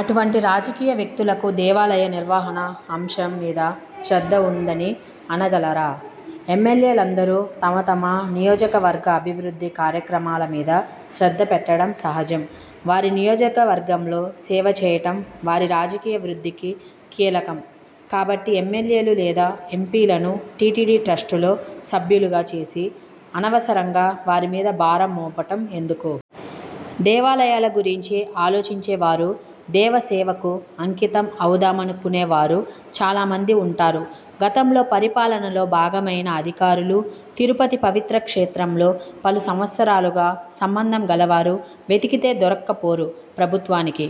అటువంటి రాజకీయ వ్యక్తులకు దేవాలయ నిర్వహణ అంశం మీద శ్రద్ధ వుందని అనగలరా! ఎమ్మెల్యేలందరూ తమ తమ నియోజకవర్గ అభివృద్ధి కార్యక్రమాల మీద శ్రద్ధ పెట్టటం సహజం. వారి నియోజకవర్గంలో సేవ చేయటం వారి రాజకీయ వృద్ధికి కీలకం. కాబట్టి ఎమ్మెల్యేలు లేదా ఎంపీలను టీటీడీ ట్రస్టులో సభ్యులుగా చేసి అనవసరంగా వారిమీద భారం మోపటం ఎందుకు! దేవాలయాల గురించి ఆలోచించే వారు, దేవ సేవకు అంకితం అవుదామనుకునే వారు చాలామంది వుంటారు. గతంలో పరిపాలనలో భాగమైన అధికారులు, తిరుపతి పవిత్ర క్షేత్రంలో పలు సంవత్సరాలుగా సంబంధం గలవారు వెతికితే దొరక్కపోరు ప్రభుత్వానికి.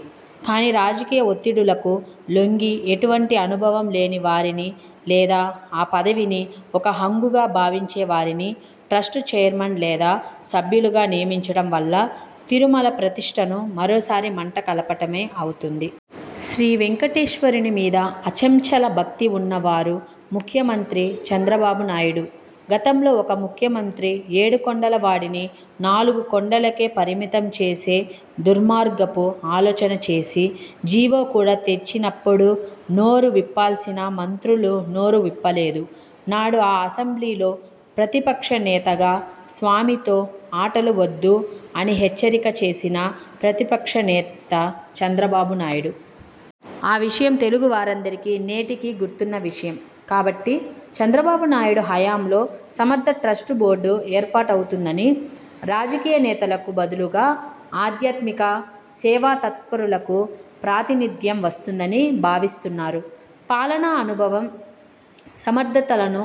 కానీ రాజకీయ ఒత్తిడులకు లొంగి ఎటువంటి అనుభవం లేని వారిని లేదా ఆ పదవిని ఒక హంగుగా భావించేవారిని ట్రస్ట్ చైర్మన్ లేదా సభ్యులుగా నియమించటం వల్ల తిరుమల ప్రతిష్ఠను మరోసారి మంట కలపటమే అవుతుంది. శ్రీ వేంకటేశ్వరుని మీద అచంచల భక్తి వున్న వారు ముఖ్యమంత్రి చంద్రబాబు నాయుడు. గతంలో ఒక ముఖ్యమంత్రి ఏడుకొండల వాడిని నాలుగు కొండలకే పరిమితం చేసే దుర్మార్గపు ఆలోచన చేసి, జీవో కూడా తెచ్చినపుడు నోరు విప్పాల్సిన మంత్రులు నోరు విప్పలేదు. నాడు ఆ అసెంబ్లీలో ప్రతిపక్ష నేతగా 'స్వామితో ఆటలు వొద్దు' అని హెచ్చరిక చేసిన ప్రతిపక్ష నేత చంద్రబాబు నాయుడు. ఆ విషయం తెలుగు వారందరికీ నేటికీ గుర్తున్న విషయం. కాబట్టి చంద్రబాబు నాయుడు హయాంలో సమర్థ ట్రస్ట్ బోర్డు ఏర్పాటవుతుందని, రాజకీయ నేతలకు బదులుగా ఆధ్యాత్మిక, సేవాతత్పరులకు ప్రాతినిధ్యం వస్తుందని భావిస్తున్నారు. పాలనా అనుభవం, సమర్థతలను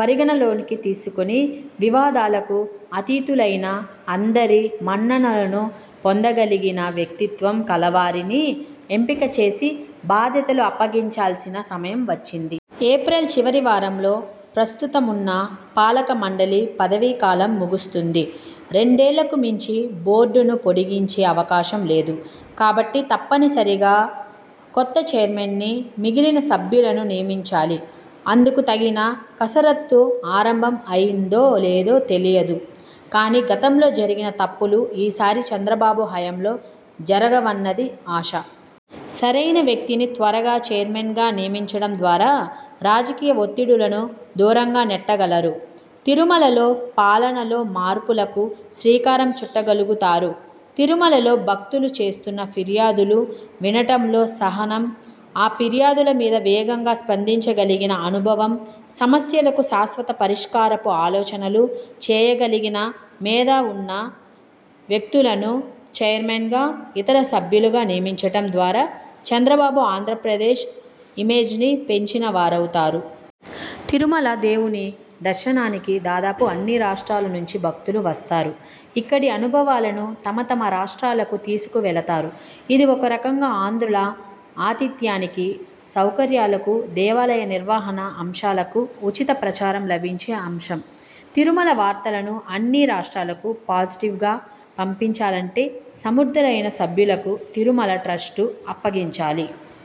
పరిగణనలోకి తీసుకుని, వివాదాలకు అతీతులైన, అందరి మన్ననలను పొందగలిగిన వ్యక్తిత్వం కలవారిని ఎంపిక చేసి బాధ్యతలు అప్పగించాల్సిన సమయం వచ్చింది. ఏప్రిల్ చివరి వారంలో ప్రస్తుతమున్న పాలకమండలి పదవీకాలం ముగుస్తుంది. రెండేళ్ళకు మించి బోర్డును పొడిగించే అవకాశం లేదు. కాబట్టి తప్పనిసరిగా కొత్త చైర్మన్ని, మిగిలిన సభ్యులను నియమించాలి. అందుకు తగిన కసరత్తు ఆరంభం అయిందో లేదో తెలియదు. కానీ గతంలో జరిగిన తప్పులు ఈసారి చంద్రబాబు హయాంలో జరగవన్నది ఆశ. సరైన వ్యక్తిని త్వరగా చైర్మన్గా నియమించటం ద్వారా రాజకీయ ఒత్తిడులను దూరంగా నెట్టగలరు. తిరుమలలో పాలనలో మార్పులకు శ్రీకారం చుట్టగలుగుతారు. తిరుమలలో భక్తులు చేస్తున్న ఫిర్యాదులు వినటంలో సహనం, ఆ ఫిర్యాదుల మీద వేగంగా స్పందించగలిగిన అనుభవం, సమస్యలకు శాశ్వత పరిష్కారపు ఆలోచనలు చేయగలిగిన మేధ వున్న వ్యక్తులను, చైర్మన్గా, ఇతర సభ్యులుగా నియమించటం ద్వారా చంద్రబాబు ఆంధ్రప్రదేశ్ ఇమేజ్ని పెంచిన వారవుతారు. తిరుమల దేవుని దర్శనానికి దాదాపు అన్ని రాష్ట్రాల నుంచి భక్తులు వస్తారు. ఇక్కడి అనుభవాలను తమ తమ రాష్ర్టాలకు తీసుకువెళతారు. ఇది ఒకరకంగా ఆంధ్రుల ఆతిధ్యానికి, సౌకర్యాలకు, దేవాలయ నిర్వహణ అంశాలకు, ఉచిత ప్రచారం లభించే అంశం. తిరుమల వార్తలను అన్ని రాష్ట్రాలకు పాజిటివ్గా పంపించాలంటే సమర్ధులైన సభ్యులకు తిరుమల ట్రస్ట్ను అప్పగించాలి.